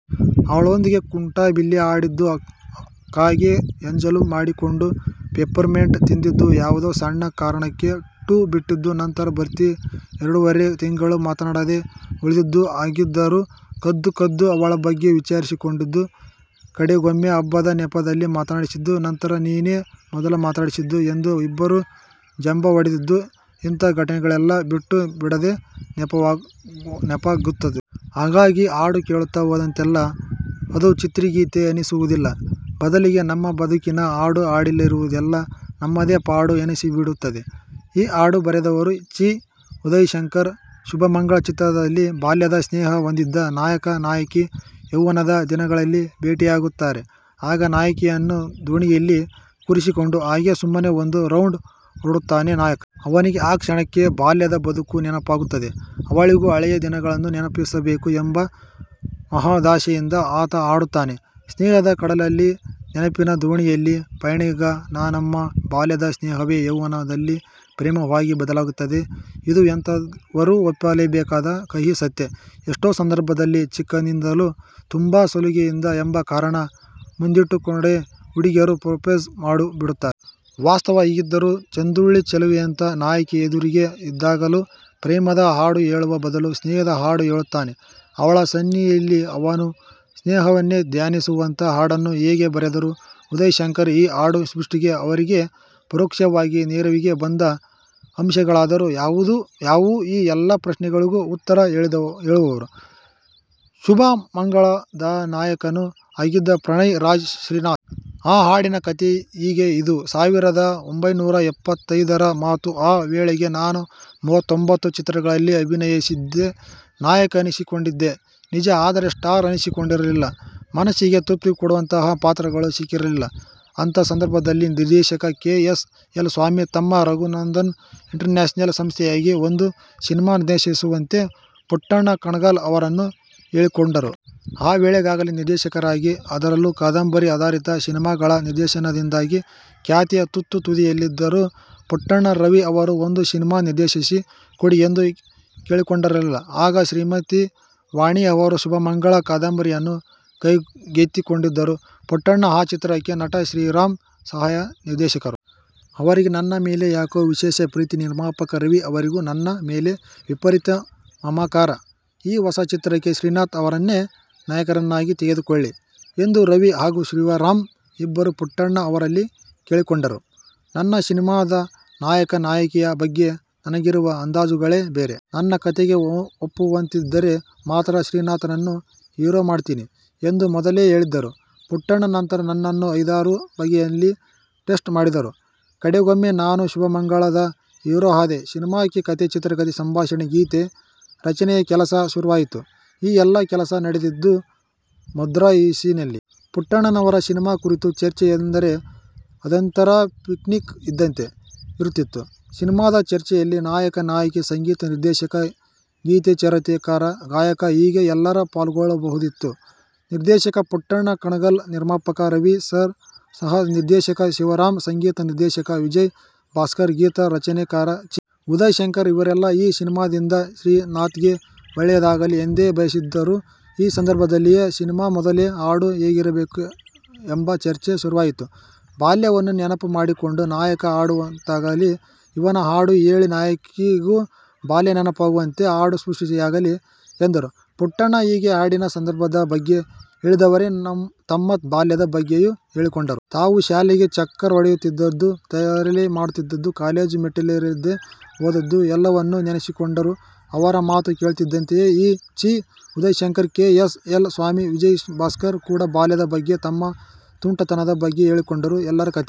ಅವಳೊಂದಿಗೆ ಕುಂಟಾಬಿಲ್ಲೆ ಆಡಿದ್ದು, ಕಾಗೆ ಎಂಜಲು ಮಾಡಿಕೊಂಡು ಪೆಪ್ಪರ್ಮೆಂಟ್ ತಿಂದದ್ದು, ಯಾವುದೋ ಸಣ್ಣ ಕಾರಣಕ್ಕೆ 'ಠೂ' ಬಿಟ್ಟಿದ್ದು, ನಂತರ ಭರ್ತಿ ಎರಡೂವರೆ ತಿಂಗಳು ಮಾತಾಡದೆ ಉಳಿದದ್ದು ಹಾಗಿದ್ದರೂ ಕದ್ದು ಕದ್ದು ಅವಳ ಬಗ್ಗೆ ವಿಚಾರಿಸಿಕೊಂಡದ್ದು, ಕಡೆಗೊಮ್ಮೆ ಹಬ್ಬದ ನೆಪದಲ್ಲಿ ಮಾತಾಡಿಸಿದ್ದು ನಂತರ-ನೀನೇ ಮೊದಲು ಮಾತಾಡಿಸಿದ್ದು ಎಂದು ಇಬ್ಬರೂ ಜಂಭ ಹೊಡೆದದ್ದು ಇಂಥ ಘಟನೆಗಳೆಲ್ಲ ಬಿಟ್ಟೂ ಬಿಡದೆ ನೆನಪಾಗುತ್ತವೆ. ಹಾಗಾಗಿ, ಹಾಡು ಕೇಳುತ್ತಾ ಹೋದಂತೆಲ್ಲ ಅದು ಚಿತ್ರಗೀತೆ ಅನ್ನಿಸುವುದಿಲ್ಲ. ಬದಲಿಗೆ, ನಮ್ಮ ಬದುಕಿನ ಹಾಡು, ಹಾಡಲ್ಲಿರುವುದೆಲ್ಲ ನಮ್ಮದೇ ಪಾಡು ಎನ್ನಿಸಿಬಿಡುತ್ತದೆ. ಈ ಹಾಡು ಬರೆದವರು ಚಿ. ಉದಯಶಂಕರ್. 'ಶುಭಮಂಗಳ' ಚಿತ್ರದಲ್ಲಿ ಬಾಲ್ಯದ 'ಸ್ನೇಹ' ಹೊಂದಿದ್ದ ನಾಯಕ-ನಾಯಕಿ ಯೌವ್ವನದ ದಿನಗಳಲ್ಲಿ ಭೇಟಿಯಾಗುತ್ತಾರೆ. ಆಗ ನಾಯಕಿಯನ್ನು ದೋಣಿಯಲ್ಲಿ ಕೂರಿಸಿಕೊಂಡು ಹಾಗೇ ಸುಮ್ಮನೆ ಒಂದು ರೌಂಡ್ ಹೊರಡುತ್ತಾನೆ ನಾಯಕ. ಅವನಿಗೆ ಆ ಕ್ಷಣಕ್ಕೆ ಬಾಲ್ಯದ ಬದುಕು ನೆನಪಾಗುತ್ತದೆ. ಅವಳಿಗೂ ಹಳೆಯ ದಿನಗಳನ್ನು ನೆನಪಿಸಬೇಕು ಎಂಬ ಮಹದಾಸೆಯಿಂದ ಆತ ಹಾಡುತ್ತಾನೆ: 'ಸ್ನೇಹದ ಕಡಲಲ್ಲೀ ನೆನಪಿನ ದೋಣಿಯಲೀ ಪಯಣಿಗ ನಾನಮ್ಮ' 'ಬಾಲ್ಯದ ಸ್ನೇಹವೇ ಯೌವ್ವನದಲ್ಲಿ ಪ್ರೇಮವಾಗಿ ಬದಲಾಗುತ್ತದೆ'. -ಇದು ಎಂಥವರೂ ಒಪ್ಪಲೇಬೇಕಾದ ಕಹಿ ಸತ್ಯ. ಎಷ್ಟೋ ಸಂದರ್ಭದಲ್ಲಿ ಚಿಕ್ಕಂದಿನಿಂದಲೂ ತುಂಬಾ ಸಲುಗೆಯಿದೆ ಎಂಬ ಕಾರಣ ಮುಂದಿಟ್ಟುಕೊಂಡೇ ಹುಡುಗರು ಪ್ರೊಪೋಸ್ ಮಾಡಿಬಿಡುತ್ತಾರೆ. ವಾಸ್ತವ ಹೀಗಿದ್ದರೂ, ಚಂದುಳ್ಳಿ ಚೆಲುವೆಯಂಥ ನಾಯಕಿ ಎದುರಿಗೇ ಇದ್ದಾಗಲೂ ಪ್ರೇಮದ ಹಾಡು ಹೇಳುವ ಬದಲು ಸ್ನೇಹದ ಹಾಡು ಹೇಳುತ್ತಾನೆ. 'ಅವಳ' ಸನ್ನಿಯಲ್ಲಿ 'ಅವನು' ಸ್ನೇಹವನ್ನೇ ಧ್ಯಾನಿಸುವಂಥ ಹಾಡನ್ನು ಹೇಗೆ ಬರೆದರು ಉದಯಶಂಕರ್ ಈ ಹಾಡು ಸೃಷ್ಟಿಗೆ ಅವರಿಗೆ ಪರೋಕ್ಷವಾಗಿ ನೆರವಿಗೆ ಬಂದ ಅಂಶಗಳಾದರೂ ಯಾವುವು? ಈ ಎಲ್ಲ ಪ್ರಶ್ನೆಗಳಿಗೂ ಉತ್ತರ ಹೇಳಿದವರು 'ಶುಭಮಂಗಳ'ದ ನಾಯಕನೂ ಆಗಿದ್ದ ಪ್ರಣಯ ರಾಜ ಶ್ರೀನಾಥ್. ಆ ಹಾಡಿನ ಕಥೆ ಹೀಗೆ ಇದು ಸಾವಿರದ ಒಂಭೈನೂರ ಎಪ್ಪತ್ತೈದರ ಮಾತು. ಆ ವೇಳೆಗೆ ನಾನು ಮೂವತ್ತೊಂಭತ್ತು ಚಿತ್ರಗಳಲ್ಲಿ ಅಭಿನಯಿಸಿದ್ದೆ. ನಾಯಕ ಅನ್ನಿಸಿಕೊಂಡಿದ್ದೆ ನಿಜ. ಆದರೆ 'ಸ್ಟಾರ್' ಅನ್ನಿಸಿಕೊಂಡಿರಲಿಲ್ಲ. ಮನಸ್ಸಿಗೆ ತೃಪ್ತಿಕೊಡುವಂಥ ಪಾತ್ರಗಳು ಸಿಕ್ಕಿರಲಿಲ್ಲ. ಅಂಥ ಸಂದರ್ಭದಲ್ಲಿ ನಿರ್ದೇಶಕ ಕೆ. ಎಸ್. ಎಲ್. ಸ್ವಾಮಿ ತಮ್ಮ ರಘುನಂದನ್ ಇಂಟರ್ನ್ಯಾಷನಲ್ ಸಂಸ್ಥೆಗಾಗಿ ಒಂದು ಸಿನಿಮಾ ನಿರ್ದೇಶಿಸುವಂತೆ ಪುಟ್ಟಣ್ಣ ಕಣಗಾಲ್ ಅವರನ್ನು ಕೇಳಿಕೊಂಡರು. ಆ ವೇಳೆಗಾಗಲೇ ನಿರ್ದೇಶಕರಾಗಿ, ಅದರಲ್ಲೂ ಕಾದಂಬರಿ ಆಧಾರಿತ ಸಿನಿಮಾಗಳ ನಿರ್ದೇಶನದಿಂದಾಗಿ ಖ್ಯಾತಿಯ ತುತ್ತ ತುದಿಯಲ್ಲಿದ್ದರು ಪುಟ್ಟಣ್ಣ. ರವೀ ಅವರು ಒಂದು ಸಿನಿಮಾ ನಿರ್ದೇಶಿಸಿ ಕೊಡಿ ಎಂದು ಕೇಳಿಕೊಂಡರಲ್ಲ? ಆಗ, ಶ್ರೀಮತಿ 'ವಾಣಿ' ಅವರ 'ಶುಭಮಂಗಳ' ಕಾದಂಬರಿಯನ್ನು ಕೈಗೆತ್ತಿಕೊಂಡಿದ್ದರು ಪುಟ್ಟಣ್ಣ. ಆ ಚಿತ್ರಕ್ಕೆ ನಟ ಶಿವರಾಂ ಸಹಾಯಕ ನಿರ್ದೇಶಕರು. ಅವರಿಗೆ ನನ್ನ ಮೇಲೆ ಯಾಕೋ ವಿಶೇಷ ಪ್ರೀತಿ. ನಿರ್ಮಾಪಕ ರವೀ ಅವರಿಗೂ ನನ್ನ ಮೇಲೆ ವಿಪರೀತ ಮಮಕಾರ. ಈ ಹೊಸ ಚಿತ್ರಕ್ಕೆ ಶ್ರೀನಾಥ್ ಅವರನ್ನೇ ನಾಯಕನನ್ನಾಗಿ ತೆಗೆದುಕೊಳ್ಳಿ ಎಂದು ರವೀ ಹಾಗೂ ಶಿವರಾಂ ಇಬ್ಬರೂ ಪುಟ್ಟಣ್ಣ ಅವರಲ್ಲಿ ಕೇಳಿಕೊಂಡಿದ್ದರು. 'ನನ್ನ ಸಿನಿಮಾದ ನಾಯಕ-ನಾಯಕಿಯ ಬಗ್ಗೆ ನನಗಿರುವ ಅಂದಾಜುಗಳೇ ಬೇರೆ. ನನ್ನ ಕಥೆಗೆ ಒಪ್ಪುವಂತಿದ್ದರೆ ಮಾತ್ರ ಶ್ರೀನಾಥ್ನನ್ನು ಹೀರೋ ಮಾಡ್ತೀನಿ' ಎಂದು ಮೊದಲೇ ಹೇಳಿದ್ದರು ಪುಟ್ಟಣ್ಣ. ನಂತರ, ನನ್ನನ್ನು ಐದಾರು ಬಗೆಯಲ್ಲಿ 'ಟೆಸ್ಟ್' ಮಾಡಿದರು. ಕಡೆಗೊಮ್ಮೆ ನಾನು 'ಶುಭಮಂಗಳ'ದ ಹೀರೋ ಆದೆ. ಸಿನಿಮಾಕ್ಕೆ ಕಥೆ, ಚಿತ್ರಕಥೆ, ಸಂಭಾಷಣೆ, ಗೀತೆ ರಚನೆಯ ಕೆಲಸ ಶುರುವಾಯಿತು. ಈ ಎಲ್ಲ ಕೆಲಸ ನಡೆದದ್ದು ಮದ್ರಾಸಿನಲ್ಲಿ. ಪುಟ್ಟಣ್ಣನವರ ಸಿನಿಮಾ ಕುರಿತ ಚರ್ಚೆ ಎಂದರೆ, ಅದೊಂಥರಾ ಪಿಕ್ನಿಕ್ ಇದ್ದಂತೆ ಇರುತ್ತಿತ್ತು. ಸಿನಿಮಾದ ಚರ್ಚೆಯಲ್ಲಿ ನಾಯಕ, ನಾಯಕಿ, ಸಂಗೀತ ನಿರ್ದೇಶಕ, ಗೀತೆರಚನೆಕಾರ, ಗಾಯಕ. ಹೀಗೆ ಎಲ್ಲರೂ ಪಾಲ್ಗೊಳ್ಳಬಹುದಿತ್ತು. ನಿರ್ದೇಶಕ ಪುಟ್ಟಣ್ಣ ಕಣಗಾಲ್, ನಿರ್ಮಾಪಕ ರವೀ, ಸಹ ನಿರ್ದೇಶಕ ಶಿವರಾಂ, ಸಂಗೀತ ನಿರ್ದೇಶಕ ವಿಜಯ ಭಾಸ್ಕರ್, ಗೀತ ರಚನೆಕಾರ ಚಿ. ಉದಯಶಂಕರ್ ಇವರೆಲ್ಲಾ ಈ ಸಿನಿಮಾದಿಂದ ಶ್ರೀನಾಥ್ಗೆ ಒಳ್ಳೆಯದಾಗಲಿ ಎಂದೇ ಬಯಸಿದ್ದರು. ಈ ಸಂದರ್ಭದಲ್ಲಿಯೇ- ಸಿನಿಮಾ ಮೊದಲ ಹಾಡು ಹೇಗಿರಬೇಕು ಎಂಬ ಚರ್ಚೆ ಶುರುವಾಯಿತು. 'ಬಾಲ್ಯವನ್ನು ನೆನಪು ಮಾಡಿಕೊಂಡು ನಾಯಕ ಹಾಡುವಂತಾಗಲಿ. ಇವನ ಹಾಡು ಕೇಳಿ ನಾಯಕಿಗೂ ಬಾಲ್ಯ ನೆನಪಾಗುವಂತೆ ಹಾಡು ಸೃಷ್ಟಿಯಾಗಲಿ' ಎಂದರು ಪುಟ್ಟಣ್ಣ. ಹೀಗೆ, ಹಾಡಿನ ಸಂದರ್ಭದ ಬಗ್ಗೆ ಹೇಳಿದವರೇ ತಮ್ಮ ಬಾಲ್ಯದ ಬಗ್ಗೆಯೂ ಹೇಳಿಕೊಂಡರು. ತಾವು ಶಾಲೆಗೆ ಚಕ್ಕರ್ ಹೊಡೆಯುತ್ತಿದ್ದುದು, ತರಲೆ ಮಾಡುತ್ತಿದ್ದುದು, ಕಾಲೇಜು ಮೆಟ್ಟೀಲೇರದೇ ಹೋದದ್ದು ಎಲ್ಲವನ್ನೂ ನೆನಪಿಸಿಕೊಂಡರು. ಅವರ ಮಾತು ಕೇಳುತ್ತಿದ್ದಂತೆಯೇ Chi. Udayashankar, K. S. L. Swamy, Vijayabhaskar ಕೂಡ ಬಾಲ್ಯದ ಬಗ್ಗೆ ತಮ್ಮ ತುಂಟತನದ ಬಗ್ಗೆ ಹೇಳಿಕೊಂಡರು. ಎಲ್ಲರ ಕಥೆ